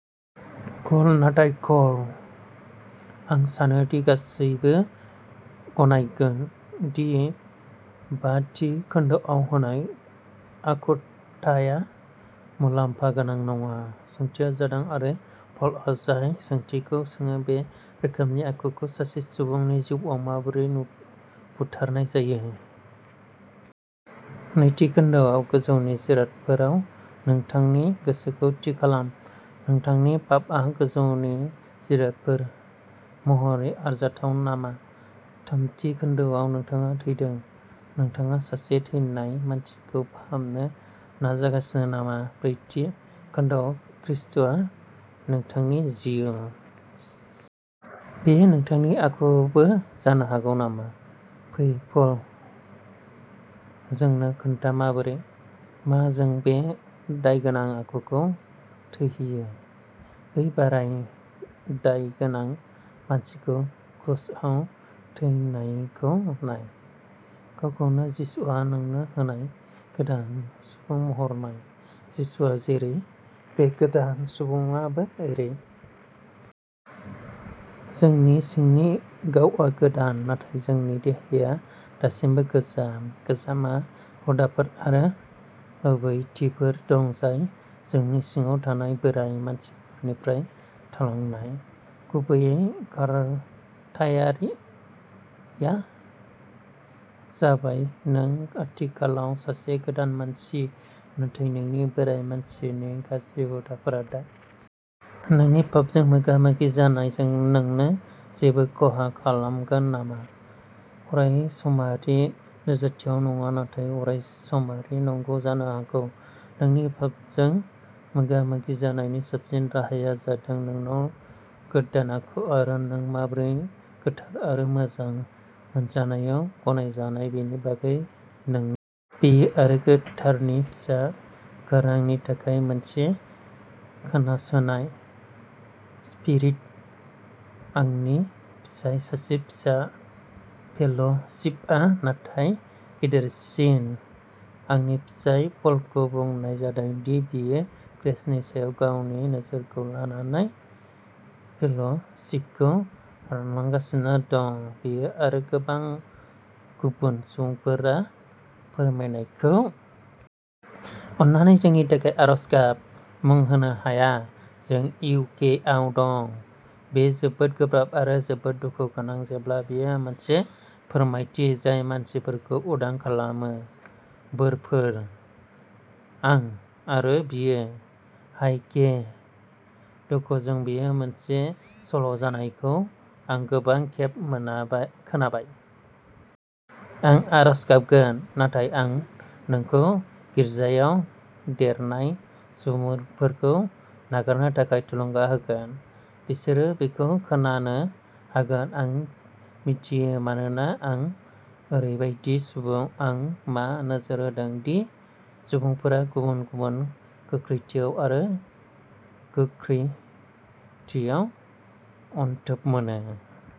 Call. नाथाय कल. आं सानो दि गासैबो गनायगोन दि बा थि खोन्दोआव होनाय आखुथाया मुलाम्फा गोनां नङा। सोंथिया जादों, आरो प'लआ जाय सोंथिखौ सोङो, बे रोखोमनि आखुखौ सासे सुबुंनि जिउआव माबोरै बुथारनाय जायो? नै थि खोन्दोआव, गोजौनि जिरादफोराव नोंथांनि गोसोखौ थि खालाम। नोंथांनि पापआ गोजौनि जिरादफोर महरै आरजाथाव नामा? थामथि थि खोन्दोआव, नोंथाङा थैदों। नोंथाङा सासे थैनाय मानसिखौ फाहामनो नाजागासिनो नामा? ब्रै थि खोन्दोआव, खृष्टआ नोंथांनि जिउ। बेयो नोंथांनि आखुबो जानो हागौ नामा? फै, प'ल, जोंनो खोन्था, माबोरै? मा जों बे दायगोनां आखुखौ थैहोयो? बै बोराय दायगोनां मानसिखौ क्रसआव थैनायखौ नाय। गावखौनो जिसुआ नोंनो होनाय गोदान सुबुं महरै नाय। जिसुआ जेरै, बे गोदान सुबुंआबो जेरै। जोंनि सिंनि गावआ गोदान, नाथाय जोंनि देहाया दासिमबो गोजाम। गोजामहा हुदाफोर आरो लुबैथिफोर दं जाय जोंनि सिङाव थानाय बोराय मानसिनिफ्राय थालांनाय। गुबैयै खारथायारिआ जाबाय नों आथिखालाव सासे गोदान मानसि नाथाय नोंनि बोराय मानसिनि गाज्रि हुदाफोरा दासिमबो थाबथाना दं आरो बेखौ सामलायनायनि गोनांथि दं। नोंनि पापजों मोगा-मोगि जानाया नोंनो जेबो खहा खालामगोन नामा? अरायसमारि नोजोरथियाव नङा नाथाय अरायसमारि नंगौ जानो हागौ। नोंनि पापजों "मोगा-मोगि" जानायनि साबसिन राहाया जादों नोंनाव गोदान आखु आरो नों माबोरै गोथार आरो मोजां मोनजानायाव गनायजानाय बेनि बागै नोंनि गोसोखौ गोदानै खालामनाय। बेयो आरो गोथारनि फिसा गारांनि थाखाय मोनसे खोनासोनाय। स्पिरिट। आंनि फिसाय, सासे फिसा फेल'शिपआव थानाय गेदेरसिन, आंनि फिसाय पलखौ बुंनाय जादों दि बियो ग्रेसनि सायाव गावनि नोजोरखौ लानानै फेल'शिपखौ रानलांगासिनो दं। बियो आरो गोबां गुबुन सुबुंफोरा फोरमायनायखौ मोनगासिनो दं, ओरैबायदि नुयो दि गिर्जायाव देरनाय सुबुंफोरा बेखौ'खोनानो'हाया। अन्नानै जोंनि थाखाय आरज गाब। मुं होनो हाया, जों इउ. के. आव दं। बेयो जोबोद गोब्राब आरो जोबोद दुखु गोनां जेब्ला बेयो मोनसे फोरमायथि जाय मानसिफोरखौ उदां खालामो!! बोरफोर। आं आरो बियो! हाय के, दुखुजों बेयो मोनसे सल'जायखौ आं गोबां खेब खोनाबाय। आं आरज गाबगोन। नाथाय आं नोंखौ गिर्जायाव देरनाय सुबुंफोरखौ नागारनो थाखाय थुलुंगा होगोन। बिसोरो बेखौ खोनानो हागोन-आं मिथियो, मानोना आं ओरैबायदि सुबुं। आं मा नोजोर होदों दि सुबुंफोरा गुबुन-गुबुन गोख्रैथियाव आरो गोख्रैथियाव अनथोब मोनो।